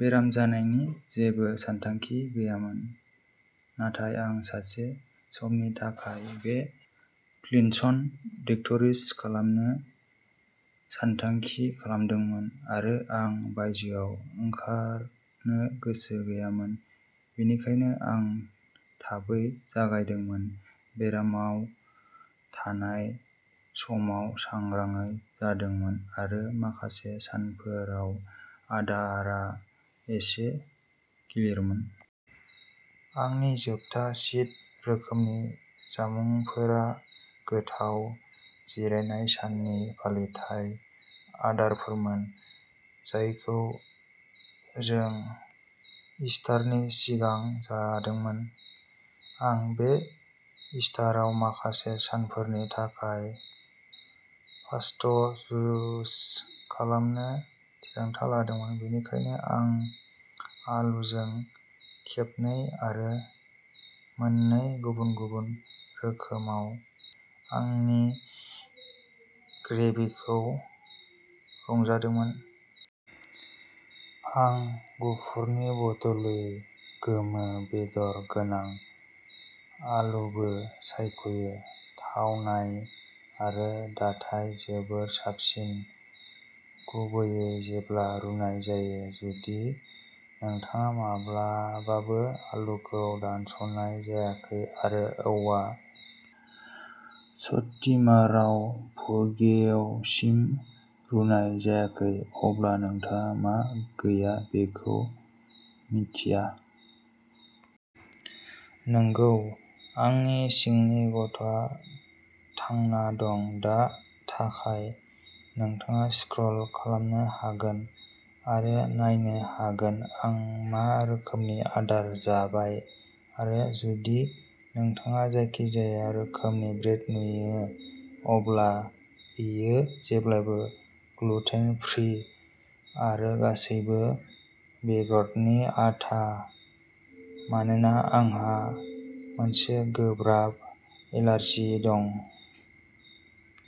बेराम जानायनि जेबो सानथांखि गैयामोन, नाथाय आं माखासे समनि थाखाय बे क्लिनस/डिटक्स खालामनो सानथांखि खालामदोंमोन, आरो आं बायजोआव ओंखारनो गोसो गैयामोन। बेनिखायनो आं थाबै जागायदोंमोन, बेरामाव थानाय समाव सांग्राङै जादोंमोन आरो माखासे सानफोराव आदारआ एसे गिलिरमोन। आंनि जोबथा चिट रोखोमनि जामुंफोरा गोथाव जिरायनाय साननि फालिथाय आदारफोरमोन, जायखौ जों इस्टारनि सिगां जादोंमोन। आं बे इस्टाराव माखासे सानफोरनि थाखाय फास्ट जुस खालामनो थिरांथा लादोंमोन, बेनिखायनो आं आलुजों खेबनै आरो मोननै गुबुन-गुबुन रोखोमाव आंनि ग्रेभिखौ रंजादोंमोन। आं गुफुरनि बदलै गोमो बेदर गोनां आलुबो सायख'यो। थावनाय आरो दाथाया जोबोद साबसिन, गुबैयै जेब्ला रुनाय जायो। जुदि नोंथाङा माब्लाबाबो आलुखौ दानस'नाय जायाखै आरो औवा स्टीमाराव फुरगेवसिम रुनाय जायाखै, अब्ला नोंथाङा मा गैया बेखौ मिन्थिया। नंगौ! आंनि सिंनि गथ'आ थांना दं! दा थाखाय, नोंथाङा स्क्रल खालामनो हागोन आरो नायनो हागोन आं मा रोखोमनि आदार जाबाय आरो जुदि नोंथाङा जायखिजाया रोखोमनि ब्रेड नुयो, अब्ला बेयो जेब्लाबो ग्लुटेन-फ्री आरो गासै-बेगरनि आटा, मानोना आंहा मोनसे गोब्राब एलार्जि दं।